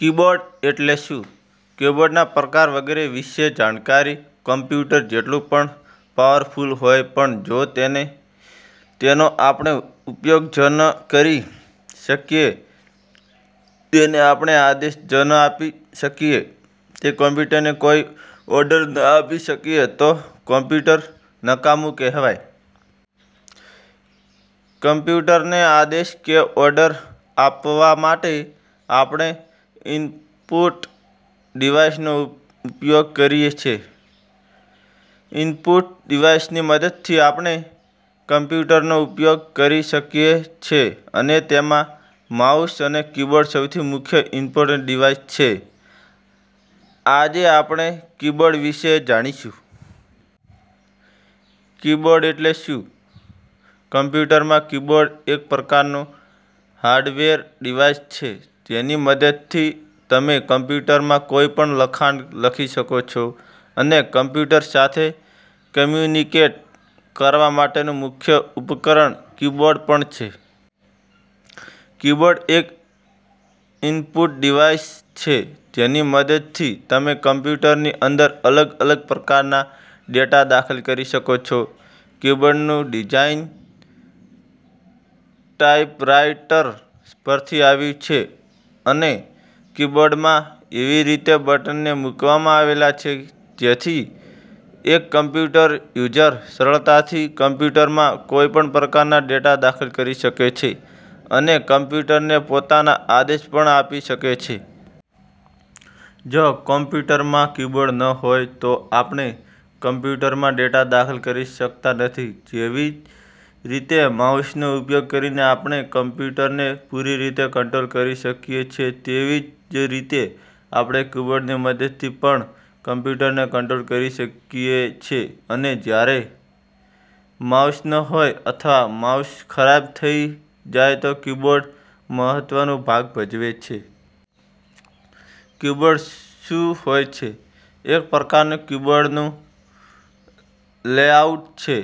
Keyboard એટલે શું? કીબોર્ડના પ્રકાર વગેરે વિશે જાણકારી કમ્પ્યુટર જેટલું પણ પાવરફુલ હોય પણ જો તેનો આપણે ઉપયોગ જ ન કરી શકીએ, તેને આપણે આદેશ જ ન આપી શકીએ, તે કમ્પ્યુટરને કોઈ ઓર્ડર ન આપી શકીએ તો તે કમ્પ્યુટર નકામું કહેવાય. કમ્પ્યુટરને આદેશ કે ઓર્ડર આપવા માટે આપણે ઈનપુટ ડિવાઇસનો ઉપયોગ કરીએ છે. ઈનપુટ ડિવાઇસની મદદથી આપણે કમ્પ્યુટરનો ઉપયોગ કરી શકીએ છે અને તેમાં માઉસ અને કીબોર્ડ સૌથી મુખ્ય ઈનપુટ ડિવાઇસ છે. આજે આપણે કીબોર્ડ વિશે જાણીશું. –? કીબોર્ડ એટલે શું? –? કમ્પ્યુટરમાં કીબોર્ડ એક પ્રકારનું હાર્ડવેર ડિવાઇસ છે જેની મદદથી તમે કમ્પ્યુટરમાં કોઈ પણ લખાણ લખી શકો છો અને કમ્પ્યુટર સાથે કમ્યુનિકેટ કરવા માટેનું મુખ્ય ઉપકરણ કી-બોર્ડ પણ છે. કીબોર્ડ એક ઈનપુટ ડિવાઇસ છે જેની મદદથી તમે કમ્પ્યુટરની અંદર અલગ અલગ પ્રકારના ડેટા દાખલ કરી શકો છો. કીબોર્ડનું ડિઝાઇન ટાઈપરાઈટર પરથી આવ્યું છે અને કીબોર્ડમાં એવી રીતે બટનને મૂકવામાં આવેલા છે જેથી એક કમ્પ્યૂટર યુઝર સરળતાથી કમ્પ્યુટરમાં કોઈપણ પ્રકારના ડેટા દાખલ કરી શકે છે અને કમ્પ્યુટરને પોતાના આદેશ પણ આપી શકે છે. જો કમ્પ્યુટરમાં કીબોર્ડ ન હોય તો આપણે કમ્પ્યૂટરમાં ડેટા દાખલ કરી શકતા નથી. જેવી રીતે માઉસનો ઉપયોગ કરીને આપણે કમ્પ્યૂટરને પૂરી રીતે કંટ્રોલ કરી શકીએ છે તેવી જ રીતે આપણે કીબોર્ડની મદદ પણ કમ્પ્યુટરને કંટ્રોલ કરી શકીએ છે અને જ્યારે માઉસ ન હોય અથવા માઉસ ખરાબ થઈ જાય તો કીબોર્ડ મહત્વનું ભાગ ભજવે છે. કીબોર્ડ શું હોય છે? એક પ્રકારનું કીબોર્ડનું લેઆઉટ છે.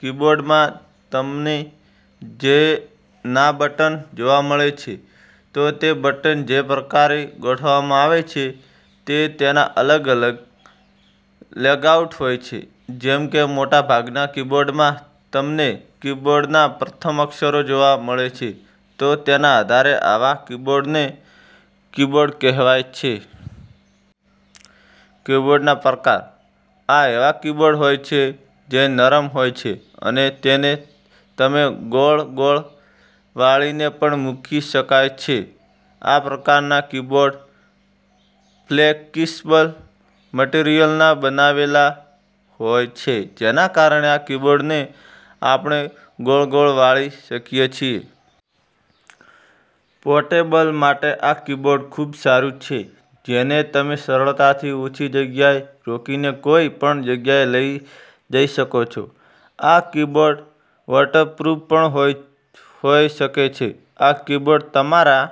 કીબોર્ડમાં તમને જે ના બટન જોવા મળે છે તો તે બટન જે પ્રકારે ગોઠવવામાં આવે છે તે તેના અલગ-અલગ લેઆઉટ હોય છે. જેમ કે મોટા ભાગના કીબોર્ડમાં તમને કીબોર્ડના પ્રથમ અક્ષરો જોવા મળે છે તો તેના આધારે આવા કીબોર્ડને કીબોર્ડ કહેવાય છે. કીબોર્ડના પ્રકાર આ એવા કીબોર્ડ હોય છે જે નરમ હોય છે અને તેને તમે ગોળ-ગોળ વાળીને પણ મૂકી શકાય છે. આ પ્રકારના કીબોર્ડ ફ્લેક્સિબલ મટિરિયલના બનાવેલા હોય છે જેના કારણે આ કીબોર્ડને આપણે ગોળ-ગોળ વાળી શકીએ છીએ. પોર્ટેબલ માટે આ કીબોર્ડ ખૂબ સારું છે જેને તમે સરળતાથી ઓછી જગ્યા રોકીને કોઈ પણ જગ્યાએ લઈ જઈ શકો છો. આ કીબોર્ડ વોટરપ્રૂફ પણ હોય શકે છે. આ કીબોર્ડ તમારા